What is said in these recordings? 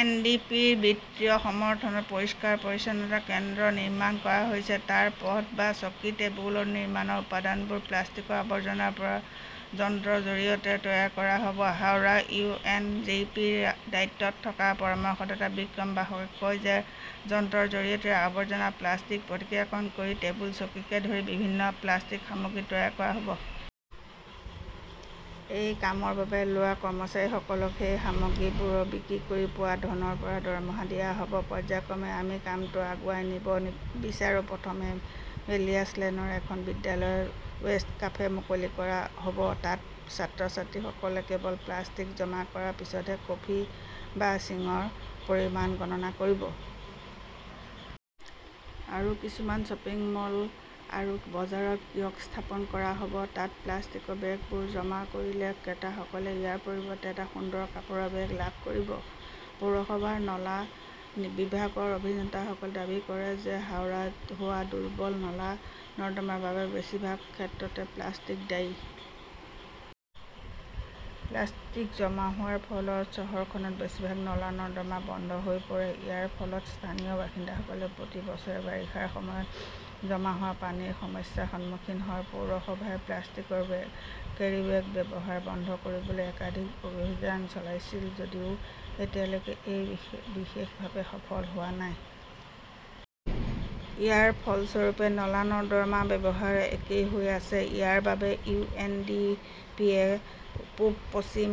N. D. P. ৰ বিত্তীয় সমৰ্থনত পৰিষ্কাৰ-পৰিচ্ছন্নতা কেন্দ্ৰ নিৰ্মাণ কৰা হৈছে। তাত পথ বা চকী-টেবুল নিৰ্মাণৰ উপাদানবোৰ প্লাষ্টিকৰ আৱৰ্জনাৰ পৰা যন্ত্ৰৰ জৰিয়তে তৈয়াৰ কৰা হ'ব। হাওড়াৰ ইউ. এন. ডি. পি. ৰ দায়িত্বত থকা পৰামৰ্শদাতা বিক্ৰম বসাকে কয় যে যন্ত্ৰৰ জৰিয়তে আৱৰ্জনা প্লাষ্টিক প্ৰক্ৰিয়াকৰণ কৰি টেবুল, চকীকে ধৰি বিভিন্ন প্লাষ্টিকৰ সামগ্ৰী তৈয়াৰ কৰা হ'ব। এই কামৰ বাবে লোৱা কৰ্মচাৰীসকলক সেই সামগ্ৰীবোৰ বিক্ৰী কৰি পোৱা ধনৰ পৰা দৰমহা দিয়া হ'ব। পৰ্য্যায়ক্ৰমে আমি কামটো আগুৱাই নিব বিচাৰো। প্ৰথমে বেলিয়াছ লেনৰ এখন বিদ্যালয়ত ৱেষ্ট কাফে মুকলি কৰা হ'ব। তাত ছাত্ৰ-ছাত্ৰীসকলে কেৱল প্লাষ্টিক জমা কৰাৰ পিছতহে কফি বা শিঙৰ পৰিমাণ গণনা কৰিব। আৰু কিছুমান শ্বপিং মল আৰু বজাৰত কিয়স্ক স্থাপন কৰা হ'ব। তাত প্লাষ্টিকৰ বেগবোৰ জমা কৰিলে ক্ৰেতাসকলে ইয়াৰ পৰিৱৰ্তে এটা সুন্দৰ কাপোৰৰ বেগ লাভ কৰিব। পৌৰসভাৰ নলা বিভাগৰ অভিযন্তাসকলে দাবী কৰে যে হাওৰাত হোৱা দুৰ্বল নলা-নৰ্দমাৰ বাবে বেছিভাগ ক্ষেত্ৰতে প্লাষ্টিক দায়ী। প্লাষ্টিক জমা হোৱাৰ ফলত চহৰখনৰ বেছিভাগ নলা-নৰ্দমা বন্ধ হৈ পৰে। ইয়াৰ ফলত স্থানীয় বাসিন্দাসকলে প্ৰতি বছৰে বাৰিষাৰ সময়ত জমা হোৱা পানীৰ সমস্যাৰ সন্মুখীন হয়। পৌৰসভাই প্লাষ্টিকৰ কেৰিবেগৰ ব্যৱহাৰ বন্ধ কৰিবলৈ একাধিক অভিযান চলাইছিল যদিও এতিয়ালৈকে ই বিশেষভাৱে সফল হোৱা নাই। ইয়াৰ ফলস্বৰূপে নলা-নৰ্দমা ব্যৱহাৰ একেই হৈ আছে। ইয়াৰ বাবে ইউ. এন. ডি. পি. য়ে পূব-পশ্চিম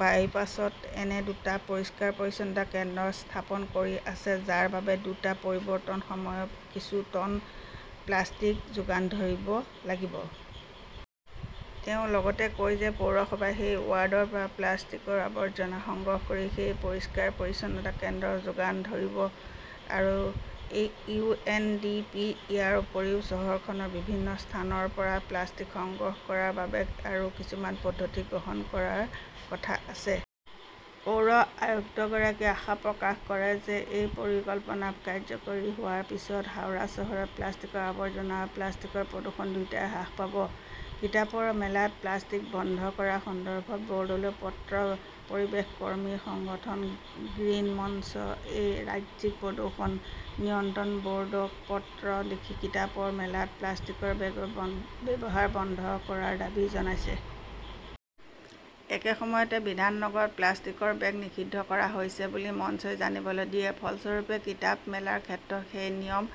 বাইপাছত এনে দুটা পৰিষ্কাৰ-পৰিচ্ছন্নতা কেন্দ্ৰ স্থাপন কৰি আছে, যাৰ বাবে দুটা পৰিৱৰ্তনৰ সময়ত কিছু টন প্লাষ্টিক যোগান ধৰিব লাগিব। তেওঁ লগতে কয় যে পৌৰসভাই সেই ৱাৰ্ডৰ পৰা প্লাষ্টিকৰ আৱৰ্জনা সংগ্ৰহ কৰি সেই পৰিষ্কাৰ-পৰিচ্ছন্নতা কেন্দ্ৰত যোগান ধৰিব। আৰু ইউ. এন. ডি. পি. ইয়াৰ উপৰিও, চহৰখনৰ বিভিন্ন স্থানৰ পৰা প্লাষ্টিক সংগ্ৰহ কৰাৰ বাবে আৰু কিছুমান পদ্ধতি গ্ৰহণ কৰাৰ কথা আছে। পৌৰ আয়ুক্তগৰাকীয়ে আশা প্ৰকাশ কৰে যে এই পৰিকল্পনা কাৰ্যকৰী হোৱাৰ পিছত হাওৰা চহৰত প্লাষ্টিকৰ আৱৰ্জনা আৰু প্লাষ্টিকৰ প্ৰদূষণ দুয়োটাই হ্ৰাস পাব। কিতাপৰ মেলাত প্লাষ্টিক বন্ধ কৰাৰ সন্দৰ্ভত বোৰ্ডলৈ পত্ৰ পৰিৱেশ কৰ্মীৰ সংগঠন গ্ৰীণ মঞ্চ এ ৰাজ্যিক প্ৰদূষণ নিয়ন্ত্ৰণ বৰ্ডক পত্ৰ লিখি কিতাপৰ মেলাত প্লাষ্টিকৰ বেগৰ ব্যৱহাৰ বন্ধ কৰাৰ দাবী জনাইছে। একে সময়তে বিধাননগৰত প্লাষ্টিকৰ বেগ নিষিদ্ধ কৰা হৈছে বুলি মঞ্চই জানিবলৈ দিয়ে। ফলস্বৰূপে কিতাপ মেলাৰ ক্ষেত্ৰতো সেই নিয়ম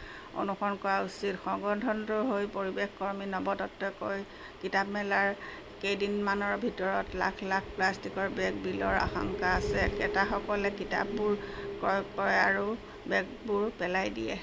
অনুসৰণ কৰা উচিত। সংগঠনটোৰ হৈ পৰিৱেশ কৰ্মী নৱদত্তাই কয় কিতাপ মেলাৰ কেইদিনমানৰ ভিতৰত লাখ -লাখ প্লাষ্টিকৰ বেগৰ বিলৰ আশংকা আছে। ক্ৰেতাসকলে কিতাপবোৰ ক্ৰয় কৰে আৰু বেগবোৰ পেলাই দিয়ে।